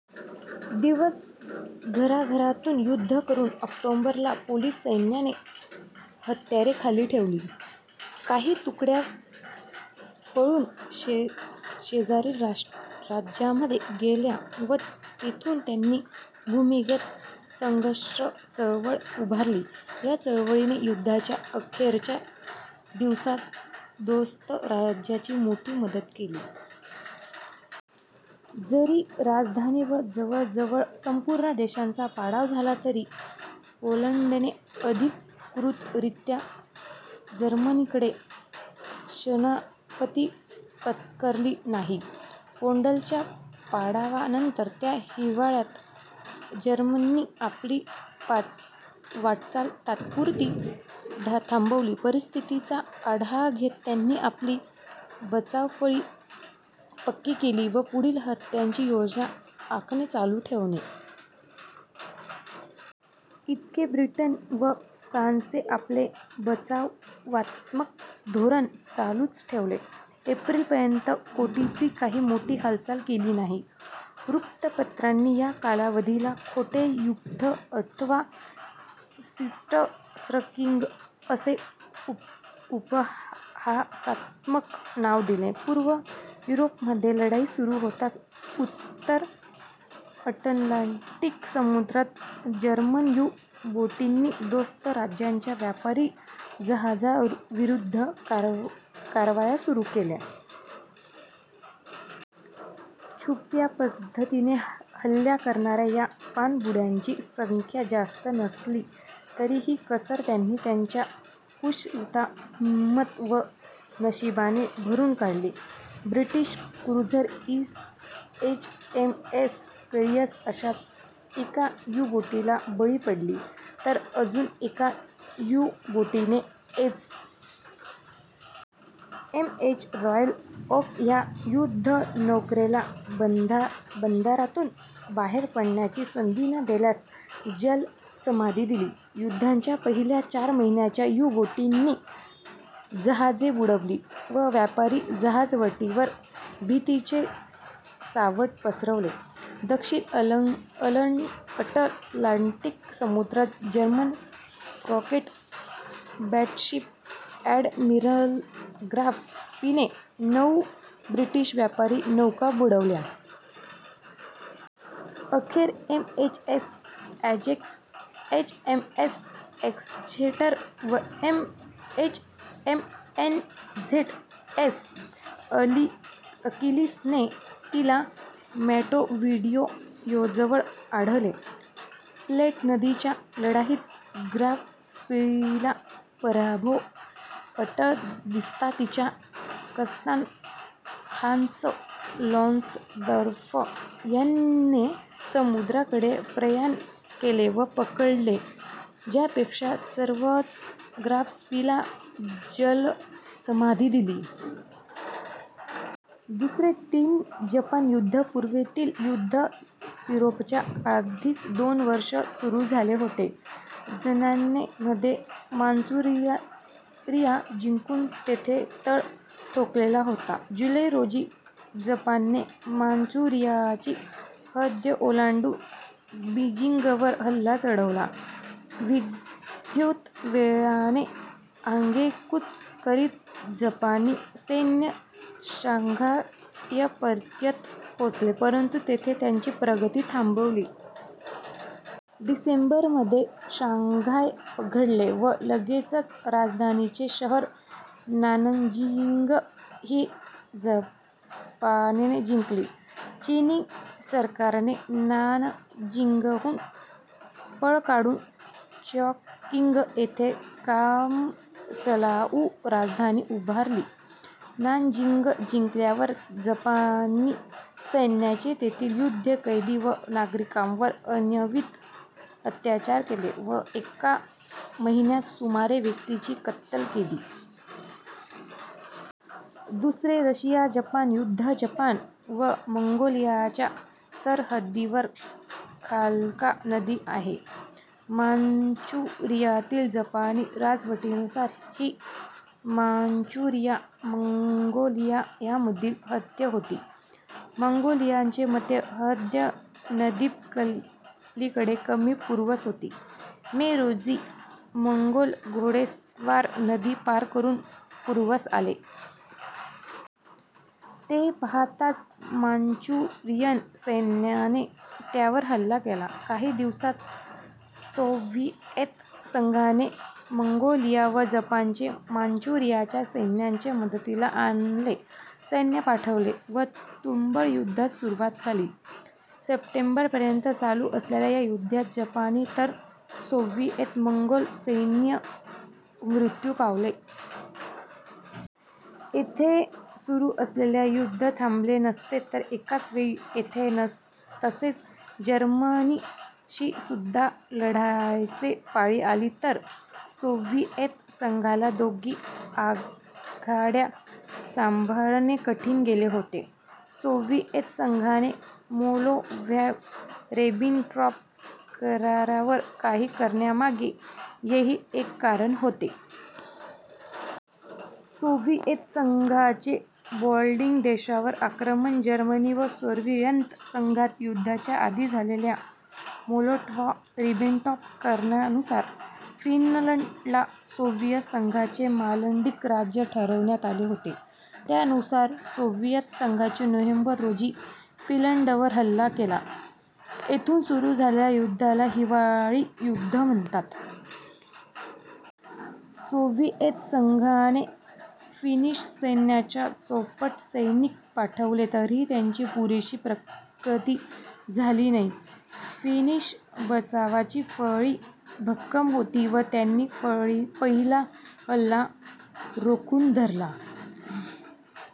- दिवस घराघरातून युद्ध करून ऑक्टोबर ला पोलिश सैन्याने हत्यारे खाली ठेवली. काही तुकड्या पळून शेजारील राष्ट्रांमध्ये गेल्या व तेथून त्यांनी भूमिगत सशस्त्र चळवळ उभारली. या चळवळीने युद्धाच्या अखेरच्या दिवसांत दोस्त राष्ट्रांची मोठी मदत केली. जरी राजधानी व जवळजवळ संपूर्ण देशाचा पाडाव झाला तरी पोलंडने अधिकृतरीत्या जर्मनीकडे शरणागती पत्करली नाही. पोलंडच्या पाडावानंतर च्या हिवाळ्यात जर्मनीने आपली वाटचाल तात्पुरती थांबवली. परिस्थितीचा आढावा घेत त्यांनी आपली बचावफळी पक्की केली व पुढील हल्ल्यांची योजना आखणे चालू ठेवले. इकडे ब्रिटन व फ्रान्सने आपले बचावात्मक धोरण चालूच ठेवले. एप्रिल पर्यंत कोणीच काही मोठी हालचाल केली नाही. वृत्तपत्रांनी या कालावधीला खोटे युद्ध अथवा सिट्झक्रीग असे उपहासात्मक नाव दिले. पूर्व युरोपमध्ये लढाई सुरू होताच उत्तर अटलांटिक समु्द्रात जर्मन यु-बोटींनी दोस्त राष्ट्रांच्या व्यापारी जहाजांविरुद्ध कारवाया सुरू केल्या. छुप्या पद्धतीने हल्ला करणाऱ्या या पाणबुड्यांची संख्या जास्त नसली तरी ही कसर त्यांनी त्यांची कुशलता, हिंमत व नशीबाने भरून काढली. British cruiser H. M. S. Courageous अशाच एका यु-बोटीला बळी पडली तर अजून एका यु-बोटीने H. M. S. Royal Oak या युद्धनौकेला बंदरातून बाहेर पडण्याची संधी न देताच जलसमाधी दिली. युद्धाच्या पहिल्या चार महिन्यात यु-बोटींनी जहाजे बुडवली व व्यापारी जहाजवटीवर भीतीचे सावट पसरवले. दक्षिण अटलांटिक समुद्रात German pocket battleship admiral Graf स्पीने नऊ ब्रिटिश व्यापारी नौका बुडवल्या. अखेर H. M. S. Ajax, H. M. S. Exeter व H. M. N. Z. S. Achilles ने तिला मॉॅंटेव्हिडियोजवळ गाठले. प्लेट नदीच्या लढाईत ग्राफ स्पीला पराभव अटळ दिसता तिच्या कप्तान हान्स लांग्सदोर्फ याने समुद्राकडे प्रयाण केले व पकडले जाण्यापेक्षा स्वतःच ग्राफ स्पीला जलसमाधी दिली. दुसरे चीन-जपान युद्ध पूर्वेतील युद्ध युरोपच्या आधीच दोन वर्षे सुरू झाले होते. जपानने मध्ये मांचुरिया जिंकून तेथे तळ ठोकलेला होता. जुलै, रोजी जपानने मांचुरियाची हद्द ओलांडून बिजींगवर हल्ला चढवला. विद्युतवेगाने आगेकूच करीत जपानी सैन्य शांघायपर्यंत पोचले परंतु तेथे त्यांची प्रगती थांबली. डिसेंबर मध्ये शांघाय पडले व लगेचच राजधानीचे शहर नानजिंग ही जपानने जिंकले. चीनी सरकारने नानजिंगहून पळ काढून चॉॅंगकिंग येथे कामचलाऊ राजधानी उभारली. नानजिंग जिंकल्यावर जपानी सैन्याने तेथील युद्धकैदी व नागरिकांवर अनन्वित अत्याचार केले व एका महिन्यात सुमारे व्यक्तींची कत्तल केली. दुसरे रशिया-जपान युद्ध जपान व मंगोलियाच्या सरहद्दीवर खाल्का नदी आहे. मांचुरियातील जपानी राजवटीनुसार ही मांचुरिया-मंगोलियाच्यामधील हद्द होती. मंगोलियाच्या मते हद्द नदीपलीकडे किमी पूर्वेस होती. मे, रोजी मोंगोल घोडेस्वार नदी पार करून पूर्वेस आले. ते पाहताच मांचुरियन सैन्याने त्यांच्यावर हल्ला केला. काही दिवसातच सोव्हिएत संघाने मंगोलिया व जपानने मांचुरियाच्या सैन्याच्या मदतीला आपले सैन्य पाठवले व तुंबळ युद्धास सुरुवात झाली. सप्टेंबरपर्यंत चालू असलेल्या या युद्धात जपानी तर सोव्हिएत-मंगोल सैनिक मृत्यू पावले. येथे सुरू असलेले युद्ध थांबले नसते व एकाच वेळी येथ तसेच जर्मनीशीसुद्धा लढायची पाळी आली तर सोव्हिएत संघाला दोन्ही आघाड्या संभाळणे कठीण गेले होते. सोव्हिएत संघाने मोलोटॉव्ह-रिबेनट्रॉप करारावर सही करण्यामागे हेही एक कारण होते. सोव्हिएत संघाचे बाल्टिक देशांवर आक्रमण जर्मनी व सोव्हिएत संघात युद्धाच्या आधी झालेल्या मोलोटॉव्ह-रिबेनट्रॉप करारानुसार फिनलंडला सोव्हिएत संघाचे मांडलिक राष्ट्र ठरवण्यात आले होते. त्यानुसार सोव्हिएत संघाने नोव्हेंबर, रोजी फिनलंडवर हल्ला केला. येथून सुरू झालेल्या युद्धाला हिवाळी युद्ध म्हणतात. सोव्हिएत संघाने फिनिश सैन्याच्या चौपट सैनिक पाठवले तरीही त्यांची पुरेशी प्रगती झाली नाही. फिनिश बचावाची फळी भक्कम होती व त्यांनी पहिला हल्ला रोखून धरला.